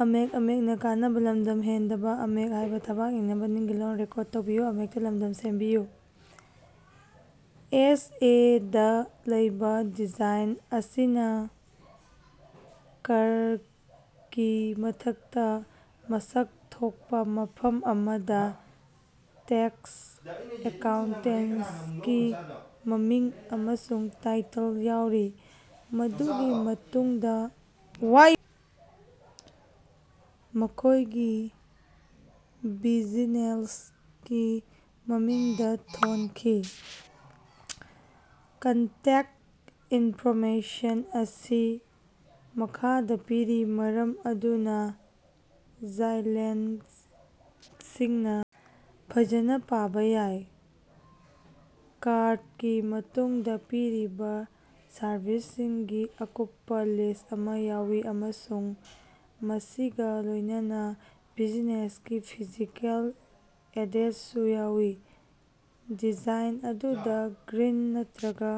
ꯑꯦꯁ. A. ꯗꯥ ꯂꯩꯕ design ꯑꯁꯤꯅ ꯀꯥꯔꯗꯀꯤ ꯃꯊꯛꯇ ꯃꯁꯛ ꯊꯣꯛꯄꯥ ꯃꯐꯝ ꯑꯃꯗ ꯇꯦꯛꯁ ꯑꯦꯀꯥꯎꯟꯇꯦꯟꯇꯀꯤ ꯃꯃꯤꯡ ꯑꯃꯁꯨꯡ ꯇꯥꯏꯇꯜ ꯌꯥꯎꯔꯤ, ꯃꯗꯨꯒꯤ ꯃꯇꯨꯡꯗ ꯌꯥꯎꯔꯤ꯫ ꯃꯈꯣꯏꯒꯤ ꯕꯤꯖꯤꯅꯦꯁꯀꯤ ꯃꯃꯤꯡꯗꯥ ꯊꯣꯟꯈꯤ꯫ ꯀꯟꯇꯦꯛꯇ ꯏꯟꯐꯣꯔꯃꯦꯁꯟ ꯑꯁꯤ ꯃꯈꯥꯗ ꯄꯤꯔꯤ ꯃꯔꯝ ꯑꯗꯨꯅ ꯒꯦꯏꯇꯂꯥꯏꯟꯇꯁꯤꯡꯅ ꯐꯖꯅ ꯄꯥꯕ ꯌꯥꯏ꯫ ꯀꯥꯔꯗꯀꯤ ꯃꯇꯨꯡꯗꯥ ꯄꯤꯔꯤꯕ ꯁꯔꯚꯤꯁꯁꯤꯡꯒꯤ ꯑꯀꯨꯞꯄꯥ ꯂꯤꯁ ꯑꯃ ꯌꯥꯎꯏ, ꯑꯃꯁꯨꯡ ꯃꯁꯤꯒꯥ ꯂꯣꯏꯅꯅꯥ ꯕꯤꯖꯤꯅꯦꯁꯀꯤ ꯐꯤꯖꯤꯀꯦꯜ ꯑꯦꯗ꯭ꯔꯦꯁꯁꯨ ꯌꯥꯎꯏ꯫ ꯗꯤꯖꯥꯏꯟ ꯑꯗꯨꯗ ꯒ꯭ꯔꯤꯟ ꯅꯠꯇꯔꯒ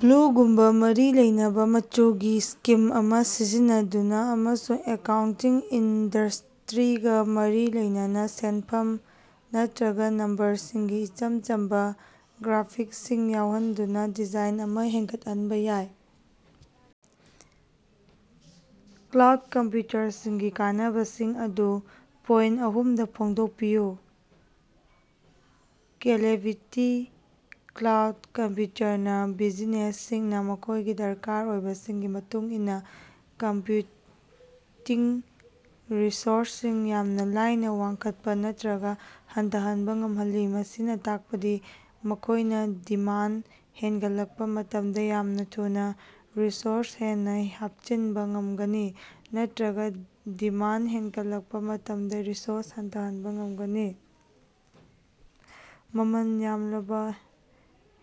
ꯕ꯭ꯂꯨꯒꯨꯝꯕꯥ ꯃꯔꯤ ꯂꯩꯅꯕꯥ ꯃꯆꯨꯒꯤ ꯁ꯭ꯀꯤꯝ ꯑꯃꯥ ꯁꯤꯖꯤꯟꯅꯗꯨꯅꯥ, ꯑꯃꯁꯨꯡ ꯑꯦꯀꯥꯎꯟꯇꯤꯡ ꯏꯟꯗꯁ꯭ꯇꯔꯤꯒꯥ ꯃꯔꯤ ꯂꯩꯅꯕ ꯁꯦꯟꯐꯝ ꯅꯠꯇꯔꯒ ꯅꯝꯕꯔꯁꯤꯡꯒꯤ ꯏꯆꯝ ꯆꯝꯕꯥ ꯒ꯭ꯔꯥꯐꯤꯛꯁꯁꯤꯡ ꯌꯥꯎꯍꯟꯗꯨꯅꯥ ꯗꯤꯖꯥꯏꯟ ꯑꯁꯤ ꯍꯦꯒꯠꯍꯟꯕꯥ ꯌꯥꯏ꯫। ꯀ꯭ꯂꯥꯎꯗ ꯀꯝꯄꯌꯨꯇꯤꯡꯒꯤ ꯀꯥꯟꯅꯕꯁꯤꯡ ꯑꯗꯨ ꯄꯣꯏꯟꯇ ꯑꯍꯨꯝꯗꯥ ꯐꯣꯡꯗꯣꯛꯄꯤꯌꯨ꯫ ꯁ꯭ꯀꯦꯂꯦꯕꯤꯂꯤꯇꯤ: ꯀ꯭ꯂꯥꯎꯗ ꯀꯝꯄꯌꯨꯇꯤꯡꯅ ꯕꯤꯖꯤꯅꯦꯁꯁꯤꯡꯅ ꯃꯈꯣꯏꯒꯤ ꯗꯔꯀꯥꯔ ꯑꯣꯏꯕꯁꯤꯡꯒꯤ ꯃꯇꯨꯡ ꯏꯟꯅꯥ ꯀꯝꯄꯌꯨꯇꯤꯡ ꯔꯤꯁꯣꯔꯁꯁꯤꯡ ꯌꯥꯝꯅ ꯂꯥꯏꯅ ꯋꯥꯡꯈꯠꯄꯥ ꯅꯠꯇꯔꯒ ꯍꯟꯊꯍꯟꯕꯥ ꯉꯝꯍꯜꯂꯤ꯫ ꯃꯁꯤꯅ ꯇꯥꯛꯄꯗꯤ ꯃꯈꯣꯏꯅꯥ ꯗꯤꯃꯥꯟꯗ ꯍꯦꯒꯠꯂꯛꯄꯥ ꯃꯇꯝꯗ ꯌꯥꯝꯅ ꯊꯨꯅꯥ ꯔꯤꯁꯣꯔꯁ ꯍꯦꯟꯅꯥ ꯍꯥꯞꯆꯤꯟꯕ ꯉꯝꯒꯅꯤ, ꯅꯠꯇꯔꯒ ꯗꯤꯃꯥꯟꯗ ꯍꯟꯊꯔꯛꯄꯥ ꯃꯇꯝꯗ ꯔꯤꯁꯣꯔꯁ ꯍꯟꯊꯍꯟꯕꯥ ꯉꯝꯒꯅꯤ, ꯃꯃꯜ ꯌꯥꯝꯂꯕ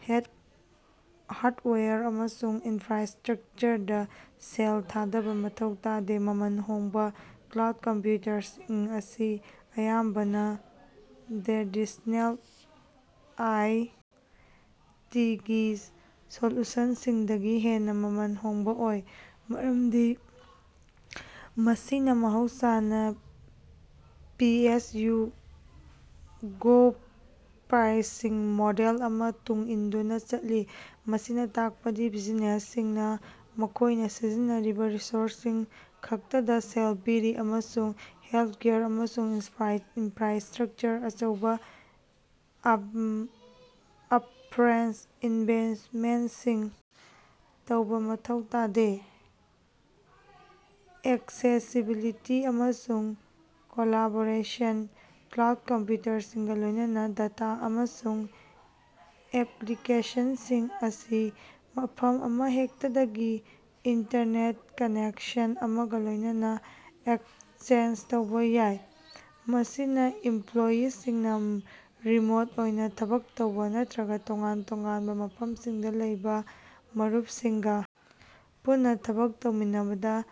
ꯍꯥꯔꯗꯋꯦꯌꯔ ꯑꯃꯁꯨꯡ ꯏꯟꯐ꯭ꯔꯥꯁ꯭ꯇꯔꯛꯆꯔꯗꯥ ꯁꯦꯜ ꯊꯥꯗꯕ ꯃꯊꯧ ꯇꯥꯗꯦ꯫ ꯃꯃꯜ ꯍꯣꯡꯕꯥ: ꯀ꯭ꯂꯥꯎꯗ ꯀꯝꯄꯌꯨꯇꯤꯡ ꯑꯁꯤ ꯑꯌꯥꯝꯕꯅ ꯇ꯭ꯔꯦꯗꯤꯁ꯭ꯅꯦꯜ ꯑꯥꯏ. ꯇꯤ. ꯒꯤ ꯁꯣꯂꯨꯁꯟꯁꯤꯡꯗꯒꯤ ꯍꯦꯟꯅꯥ ꯃꯃꯜ ꯍꯣꯡꯕꯥ ꯑꯣꯏ, ꯃꯔꯝꯗꯤ ꯃꯁꯤꯅꯥ ꯃꯍꯧꯁꯥꯅ ꯄꯦ-ꯑꯦꯖ-ꯌꯨ-ꯒꯣ ꯄ꯭ꯔꯥꯏꯁꯤꯡ ꯃꯣꯗꯦꯜ ꯑꯃ ꯇꯨꯡ ꯏꯟꯗꯨꯅꯥ ꯆꯠꯂꯤ꯫ ꯃꯁꯤꯅ ꯇꯥꯛꯄꯗꯤ ꯕꯤꯖꯤꯅꯦꯁꯁꯤꯡꯅꯥ ꯃꯈꯣꯏꯅꯥ ꯁꯤꯖꯤꯟꯅꯔꯤꯕ ꯔꯤꯁꯣꯔꯁꯁꯤꯡ ꯈꯛꯇꯗꯥ ꯁꯦꯜ ꯄꯤꯔꯤ, ꯑꯃꯁꯨꯡ ꯍꯥꯔꯗꯋꯦꯌꯔ ꯑꯃꯁꯨꯡ ꯏꯟꯐ꯭ꯔꯥꯁ꯭ꯇꯔꯛꯆꯔꯗꯥ ꯑꯆꯧꯕ ꯑꯞꯐ꯭ꯔꯟꯇ ꯏꯟꯚꯦꯁꯃꯦꯟꯇꯁꯤꯡ ꯇꯧꯕ ꯃꯊꯧ ꯇꯥꯗꯦ꯫ ꯑꯦꯛꯁꯦꯁꯤꯕꯤꯂꯤꯇꯤ ꯑꯃꯁꯨꯡ ꯀꯣꯂꯥꯕꯣꯔꯦꯁꯟ: ꯀ꯭ꯂꯥꯎꯗ ꯀꯝꯄꯌꯨꯇꯤꯡꯒꯥ ꯂꯣꯏꯅꯅꯥ, ꯗꯇꯥ ꯑꯃꯁꯨꯡ ꯑꯦꯄꯂꯤꯀꯦꯁꯟꯁꯤꯡ ꯑꯁꯤ ꯃꯐꯝ ꯑꯃꯍꯦꯛꯇꯗꯒꯤ ꯏꯟꯇꯔꯅꯦꯠ ꯀꯅꯦꯛꯁꯟ ꯑꯃꯒ ꯂꯣꯏꯅꯅꯥ ꯑꯦꯛꯆꯦꯁ ꯇꯧꯕ ꯌꯥꯏ꯫ ꯃꯁꯤꯅꯥ ꯏꯝꯄꯂꯣꯌꯤꯁꯤꯡꯅꯥ ꯔꯤꯃꯣꯠ ꯑꯣꯏꯅ ꯊꯕꯛ ꯇꯧꯕ ꯅꯠꯇꯔꯒ ꯇꯣꯉꯥꯟ-ꯇꯣꯉꯥꯟꯕ ꯃꯐꯝꯁꯤꯡꯗ ꯂꯩꯕ ꯃꯔꯨꯞꯁꯤꯡꯒ ꯄꯨꯟꯅꯥ ꯊꯕꯛ ꯇꯧꯃꯤꯟꯅꯕꯗꯥ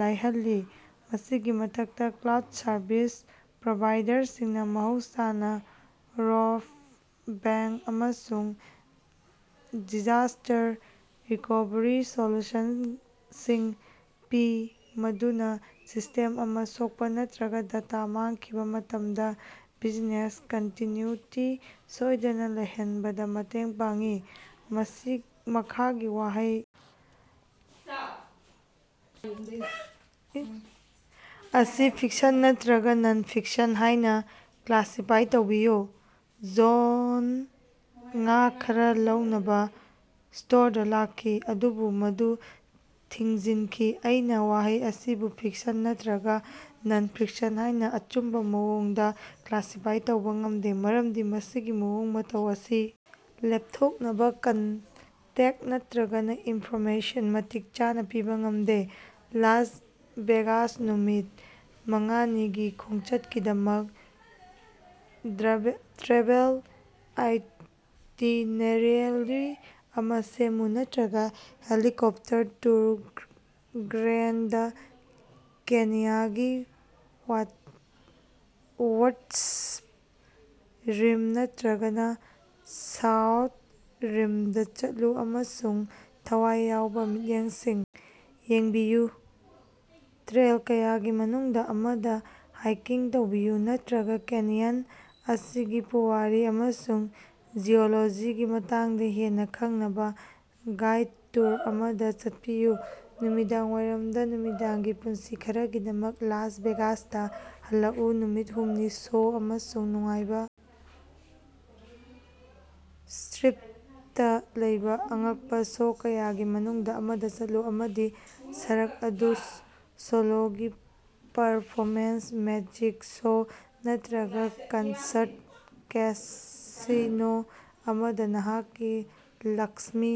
ꯂꯥꯏꯍꯜꯂꯤ꯫ ꯃꯁꯤꯒꯤ ꯃꯊꯛꯇ, ꯀ꯭ꯂꯥꯎꯗ ꯁꯔꯚꯤꯁ ꯄ꯭ꯔꯣꯚꯥꯏꯗꯔꯁꯤꯡꯅ ꯃꯍꯧꯁꯥꯅ ꯔꯣꯕꯁ ꯕꯦꯛꯑꯞ ꯑꯃꯁꯨꯡ ꯗꯤꯖꯥꯁ꯭ꯇꯔ ꯔꯤꯀꯣꯚꯔꯤ ꯁꯣꯂꯨꯁꯟꯁꯤꯡ ꯄꯤ, ꯃꯗꯨꯅꯥ ꯁꯤꯁ꯭ꯇꯦꯝ ꯑꯃ ꯁꯣꯛꯄ ꯅꯠꯇꯔꯒ ꯗꯇꯥ ꯃꯥꯡꯈꯤꯕꯥ ꯃꯇꯝꯗꯥ ꯕꯤꯖꯤꯅꯦꯁ ꯀꯟꯇꯤꯅꯌꯨꯇꯤ ꯁꯣꯏꯗꯅ ꯂꯩꯍꯟꯕꯗ ꯃꯇꯦꯡ ꯄꯥꯡꯏ꯫ ꯃꯁꯤ ꯃꯈꯥꯒꯤ ꯋꯥꯍꯩ ꯑꯁꯤ ꯐꯤꯛꯁꯟ ꯅꯠꯇꯔꯒ ꯅꯟ-ꯐꯤꯛꯁꯟ ꯍꯥꯏꯅ ꯀ꯭ꯂꯥꯁꯤꯐꯥꯏ ꯇꯧꯕꯤꯌꯨ: ꯖꯣꯟꯗ ꯉꯥ ꯈꯔꯥ ꯂꯧꯅꯕ ꯁ꯭ꯇꯣꯔꯗꯥ ꯂꯥꯛꯈꯤ, ꯑꯗꯨꯕꯨ ꯃꯗꯨ ꯊꯤꯡꯖꯤꯟꯈꯤ꯫ ꯑꯩꯅ ꯋꯥꯍꯩ ꯑꯁꯤꯕꯨ ꯐꯤꯛꯁꯟ ꯅꯠꯇꯔꯒ ꯅꯟ-ꯐꯤꯛꯁꯟ ꯍꯥꯏꯅ ꯑꯆꯨꯝꯕ ꯃꯑꯣꯡꯗ ꯀ꯭ꯂꯥꯁꯤꯐꯥꯏ ꯇꯧꯕ ꯉꯝꯗꯦ ꯃꯔꯝꯗꯤ ꯃꯁꯤꯒꯤ ꯃꯑꯣꯡ ꯃꯇꯧ ꯑꯁꯤ ꯂꯦꯞꯊꯣꯛꯅꯕ ꯀꯟꯇꯦꯛꯁ ꯅꯠꯇꯔꯒ ꯏꯟꯐꯣꯔꯃꯦꯁꯟ ꯃꯇꯤꯛ ꯆꯥꯅ ꯄꯤꯕ ꯉꯝꯗꯦ꯫ ꯂꯥꯁ ꯚꯦꯒꯥꯁ ꯅꯨꯃꯤꯠ ꯃꯉꯥ ꯅꯤꯒꯤ ꯈꯣꯡꯆꯠꯀꯤꯗꯃꯛ ꯇ꯭ꯔꯥꯚꯦꯜ ꯑꯥꯏꯇꯤꯅꯦꯔꯦꯔꯤ ꯑꯃ ꯁꯦꯝꯃꯨ꯫ ꯅꯠꯇꯔꯒ ꯍꯦꯂꯤꯀꯣꯞꯇꯔ ꯇꯨꯔ ꯒ꯭ꯔꯦꯟꯗ ꯀꯦꯅꯤꯌꯒꯤ ꯋꯦꯁ꯭ꯠ ꯔꯤꯝ ꯅꯠꯇꯔꯒ ꯁꯥꯎ ꯔꯤꯝꯗꯥ ꯆꯠꯂꯨ ꯑꯃꯁꯨꯡ ꯊꯋꯥꯏ ꯌꯥꯎꯕ ꯃꯤꯠꯌꯦꯡꯁꯤꯡ ꯌꯦꯡꯕꯤꯌꯨ ꯇ꯭ꯔꯦꯜ ꯀꯌꯥꯒꯤ ꯃꯅꯨꯡꯗꯥ ꯑꯃꯗꯥ ꯍꯥꯏꯀꯤꯡ ꯇꯧꯕꯤꯌꯨ, ꯅꯠꯇꯔꯒ ꯀꯦꯅꯤꯌꯟ ꯑꯁꯤꯒꯤ ꯄꯨꯋꯥꯔꯤ ꯑꯃꯁꯨꯡ ꯖꯤꯑꯣꯂꯣꯖꯤꯒꯤ ꯃꯇꯥꯡꯗ ꯍꯦꯟꯅꯥ ꯈꯪꯅꯕꯥ ꯒꯥꯏꯗ ꯇꯨꯔ ꯑꯃꯗꯥ ꯆꯠꯄꯤꯌꯨ ꯅꯨꯃꯤꯗꯥꯡ ꯋꯥꯏꯔꯝꯗ ꯅꯨꯃꯤꯗꯥꯡꯒꯤ ꯄꯨꯟꯁꯤ ꯈꯔꯒꯤꯗꯃꯛ ꯂꯥꯁ ꯚꯦꯒꯥꯁꯇ ꯍꯜꯂꯛꯎ ꯅꯨꯃꯤꯠ ꯑꯍꯨꯝ ꯁꯣ ꯑꯃꯁꯨꯡ ꯅꯨꯡꯉꯥꯏꯕ ꯁ꯭ꯇꯔꯤꯞꯇꯥ ꯂꯩꯕ ꯑꯉꯛꯄꯥ ꯁꯣ ꯀꯌꯥꯒꯤ ꯃꯅꯨꯡꯗꯥ ꯑꯃꯗ ꯆꯠꯂꯨ, ꯃꯗꯨꯗꯤ ꯁꯔꯛ ꯗꯨ ꯁꯣꯂꯣꯒꯤ ꯄꯔꯐꯣꯃꯦꯟꯁ, ꯃꯦꯖꯤꯛ ꯁꯣ, ꯅꯠꯇꯔꯒ ꯀꯟꯁꯔꯠ ꯀꯦꯁꯤꯅꯣ ꯑꯃꯗ ꯅꯍꯥꯛꯀꯤ ꯂꯛꯁ꯭ꯃꯤ꯫